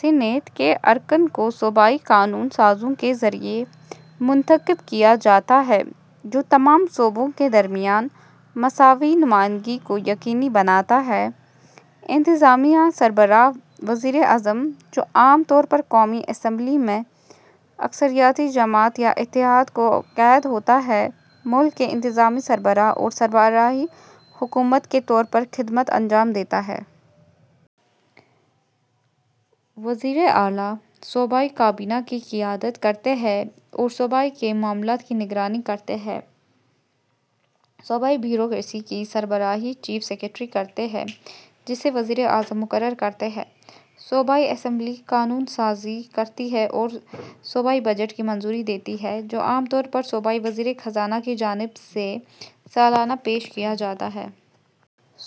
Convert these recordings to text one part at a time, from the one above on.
Senate کے ارکان کو صوبائی قانون سازوں کے ذریعے منتخب کیا جاتا ہے، جو تمام صوبوں کے درمیان مساوی نمائندگی کو یقینی بناتا ہے۔ انتظامی سربراہ: وزیر اعظم، جو عام طور پر قومی اسمبلی میں اکثریتی جماعت یا اتحاد کا قائد ہوتا ہے، ملک کے انتظامی سربراہ اور سربراہ حکومت کے طور پر خدمات انجام دیتا ہے۔ وزرائے اعلیٰ صوبائی کابینہ کی قیادت کرتے ہیں اور صوبے کے معاملات کی نگرانی کرتے ہیں۔ صوبائی بیوروکریسی کی سربراہی چیف سیکرٹری کرتا ہے، جسے وزیر اعظم مقرر کرتے ہیں۔ صوبائی اسمبلیاں قانون سازی کرتی ہیں اور صوبائی بجٹ کی منظوری دیتی ہیں، جو عام طور پر صوبائی وزیر خزانہ کی جانب سے سالانہ پیش کیا جاتا ہے۔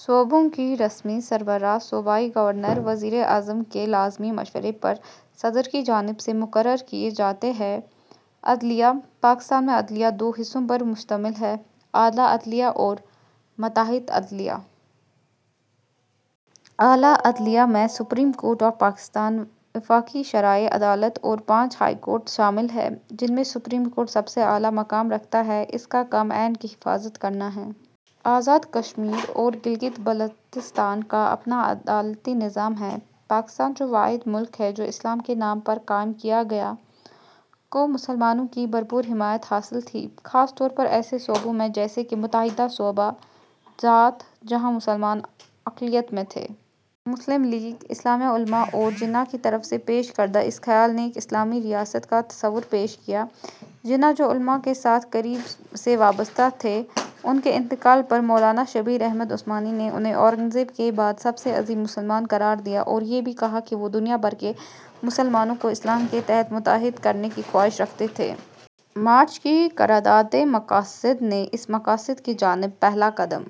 صوبوں کے رسمی سربراہ، صوبائی گورنر، وزیر اعظم کے لازمی مشورے پر صدر کی جانب سے مقرر کیے جاتے ہیں۔ عدلیہ: پاکستان میں عدلیہ دو حصوں پر مشتمل ہے: اعلیٰ عدلیہ اور ماتحت عدلیہ۔ اعلیٰ عدلیہ میں سپریم کورٹ آف پاکستان، وفاقی شرعی عدالت اور پانچ ہائی کورٹس شامل ہیں، جن میں سپریم کورٹ سب سے اعلیٰ مقام رکھتی ہے۔ اس کا کام آئین کی حفاظت کرنا ہے۔ آزاد کشمیر اور گلگت بلتستان کا اپنا عدالتی نظام ہے۔ پاکستان، جو واحد ملک ہے جو اسلام کے نام پر قائم کیا گیا، کو مسلمانوں کی بھرپور حمایت حاصل تھی، خاص طور پر ایسے صوبوں میں جیسے کہ متحدہ صوبہ جات، جہاں مسلمان اقلیت میں تھے۔ مسلم لیگ، اسلامی علما اور جناح کی طرف سے پیش کردہ اس خیال نے ایک اسلامی ریاست کا تصور پیش کیا۔ جناح، جو علما کے ساتھ قریب سے وابستہ تھے، ان کے انتقال پر مولانا شبیر احمد عثمانی نے انھیں اورنگزیب کے بعد سب سے عظیم مسلمان قرار دیا اور یہ بھی کہا کہ وہ دنیا بھر کے مسلمانوں کو اسلام کے تحت متحد کرنے کی خواہش رکھتے تھے۔ مارچ کی قراردادِ مقاصد نے اس مقصد کی جانب پہلا قدم۔